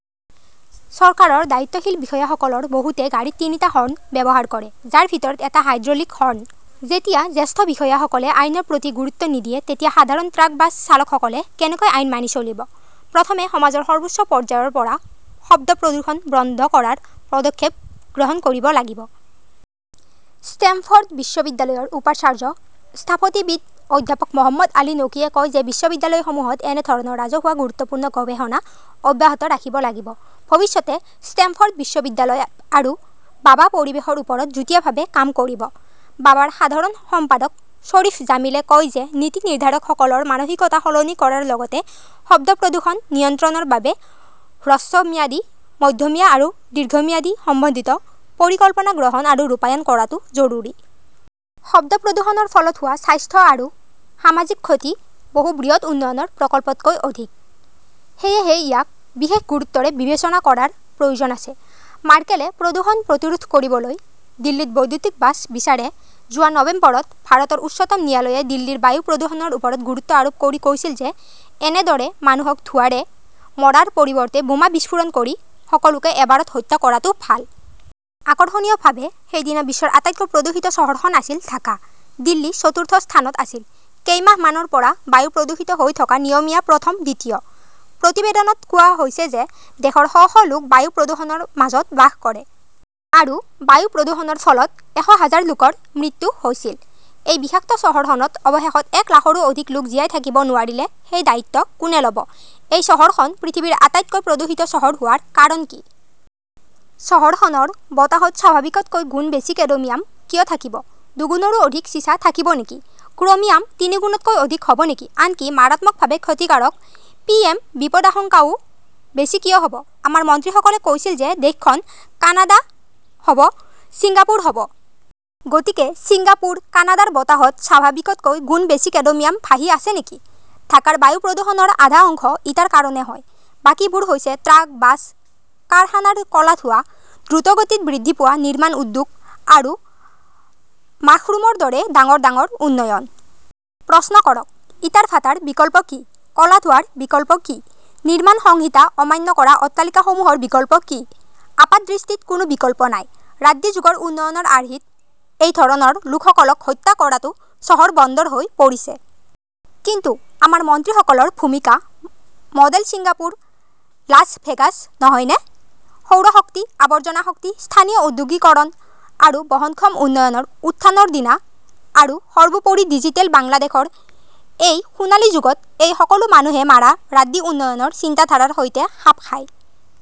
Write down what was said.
চৰকাৰৰ দায়িত্বশীল বিষয়াসকলৰ বহুতে গাড়ীত তিনিটা হৰ্ণ ব্যৱহাৰ কৰে, যাৰ ভিতৰত এটা হাইড্ৰলিক হৰ্ণ। যেতিয়া জ্যেষ্ঠ বিষয়াসকলে আইনৰ প্ৰতি গুৰুত্ব নিদিয়ে, তেতিয়া সাধাৰণ ট্ৰাক-বাছ চালকসকলে কেনেকৈ আইন মানি চলিব? প্ৰথমে সমাজৰ সৰ্বোচ্চ পৰ্যায়ৰ পৰা শব্দ প্ৰদূষণ বন্ধ কৰাৰ পদক্ষেপ গ্ৰহণ কৰিব লাগিব। ষ্টেমফৰ্ড বিশ্ববিদ্যালয়ৰ উপাচাৰ্য স্থপতিবিদ অধ্যাপক মহম্মদ আলী নকিয়ে কয় যে বিশ্ববিদ্যালয়সমূহত এনে ধৰণৰ ৰাজহুৱা গুৰুত্বপূৰ্ণ গৱেষণা অব্যাহত ৰাখিব লাগিব। ভৱিষ্যতে ষ্টেমফৰ্ড বিশ্ববিদ্যালয় আৰু বাবা পৰিৱেশৰ ওপৰত যুটীয়াভাৱে কাম কৰিব। বাবাৰ সাধাৰণ সম্পাদক শ্বৰীফ জামিলে কয় যে নীতি নিৰ্ধাৰকসকলৰ মানসিকতা সলনি কৰাৰ লগতে শব্দ প্ৰদূষণ নিয়ন্ত্ৰণৰ বাবে হ্ৰস্বম্যাদী, মধ্যমীয়া আৰু দীৰ্ঘম্যাদী সমন্বিত পৰিকল্পনা গ্ৰহণ আৰু ৰূপায়ণ কৰাটো জৰুৰী। শব্দ প্ৰদূষণৰ ফলত হোৱা স্বাস্থ্য আৰু সামাজিক ক্ষতি বহু বৃহৎ উন্নয়ন প্ৰকল্পতকৈ অধিক। সেয়েহে ইয়াক বিশেষ গুৰুত্বৰে বিবেচনা কৰাৰ প্ৰয়োজন আছে। মাৰ্কেলে প্ৰদূষণ প্ৰতিৰোধ কৰিবলৈ দিল্লীত বৈদ্যুতিক বাছ বিচাৰে যোৱা নৱেম্বৰত ভাৰতৰ উচ্চতম ন্যায়ালয়ে দিল্লীৰ বায়ু প্ৰদূষণৰ ওপৰত গুৰুত্ব আৰোপ কৰি কৈছিল যে এনেদৰে মানুহক ধোঁৱাৰে মৰাৰ পৰিৱৰ্তে বোমা বিস্ফোৰণ কৰি সকলোকে এবাৰত হত্যা কৰাটো ভাল। আকৰ্ষণীয়ভাৱে, সেইদিনা বিশ্বৰ আটাইতকৈ প্ৰদূষিত চহৰখন আছিল ঢাকা। দিল্লী চতুৰ্থ স্থানত আছিল। কেইমাহমানৰ পৰা বায়ু প্ৰদূষিত হৈ থকা নিয়মীয়া প্ৰথম-দ্বিতীয় । প্ৰতিবেদনত কোৱা হৈছে যে দেশৰ শ -শ লোক বায়ু প্ৰদূষণৰ মাজত বাস কৰে। আৰু বায়ু প্ৰদূষণৰ ফলত এশ হাজাৰ লোকৰ মৃত্যু হৈছিল। এই বিষাক্ত চহৰখনত অৱশেষত এক লাখৰো অধিক লোক জীয়াই থাকিব নোৱাৰিলে সেই দায়িত্ব কোনে ল'ব? এই চহৰখন পৃথিৱীৰ আটাইতকৈ প্ৰদূষিত চহৰ হোৱাৰ কাৰণ কি? চহৰখনৰ বতাহত স্বাভাৱিকতকৈ গুণ বেছি কেডমিয়াম কিয় থাকিব? দুগুণৰো অধিক চিছা থাকিব নেকি? ক্ৰমিয়াম তিনিগুণতকৈ অধিক হ'ব নেকি? আনকি মাৰাত্মকভাৱে ক্ষতিকাৰক 'পিএম বিপদাশংকাও বেছি কিয় হ'ব? আমাৰ মন্ত্ৰীসকলে কৈছিল যে দেশখন কানাডা হ 'ব, ছিংগাপুৰ হ' ব। গতিকে ছিংগাপুৰ, কানাডাৰ বতাহত স্বাভাৱিকতকৈ গুণ বেছি কেডমিয়াম ভাহি আছে নেকি? ঢাকাৰ বায়ু প্ৰদূষণৰ আধা অংশ ইটাৰ কাৰণে হয়। বাকীবোৰ হৈছে ট্ৰাক, বাছ, কাৰখানাৰ ক'লা ধোঁৱা, দ্ৰুতগতিত বৃদ্ধি পোৱা নিৰ্মাণ উদ্যোগ, আৰু মাশৰুমৰ দৰে ডাঙৰ ডাঙৰ উন্নয়ন। প্ৰশ্ন কৰক, ইটাৰ ভাটাৰ বিকল্প কি? ক'লা ধোঁৱাৰ বিকল্প কি? নিৰ্মাণ সংহিতা অমান্য কৰা অট্টালিকাসমূহৰ বিকল্প কি? আপাতদৃষ্টিত কোনো বিকল্প নাই। ৰাড্ডী যুগৰ উন্নয়নৰ আৰ্হিত এই ধৰণৰ লোকসকলক হত্যা কৰাটো চহৰ-বন্দৰ হৈ পৰিছে। কিন্তু আমাৰ মন্ত্ৰীসকলৰ ভূমিকা মডেল ছিংগাপুৰ, লাছ ভেগাছ নহয়নে? সৌৰ শক্তি, আৱৰ্জনা শক্তি, স্থানীয় ঔদ্যোগিকৰণ আৰু বহনক্ষম উন্নয়নৰ উত্থানৰ দিনা আৰু সৰ্বোপৰি 'ডিজিটেল' বাংলাদেশৰ এই 'সোণালী যুগত' এই সকলো মানুহে মাৰা ৰাড্ডী উন্নয়নৰ চিন্তাধাৰাৰ সৈতে খাপ খায়?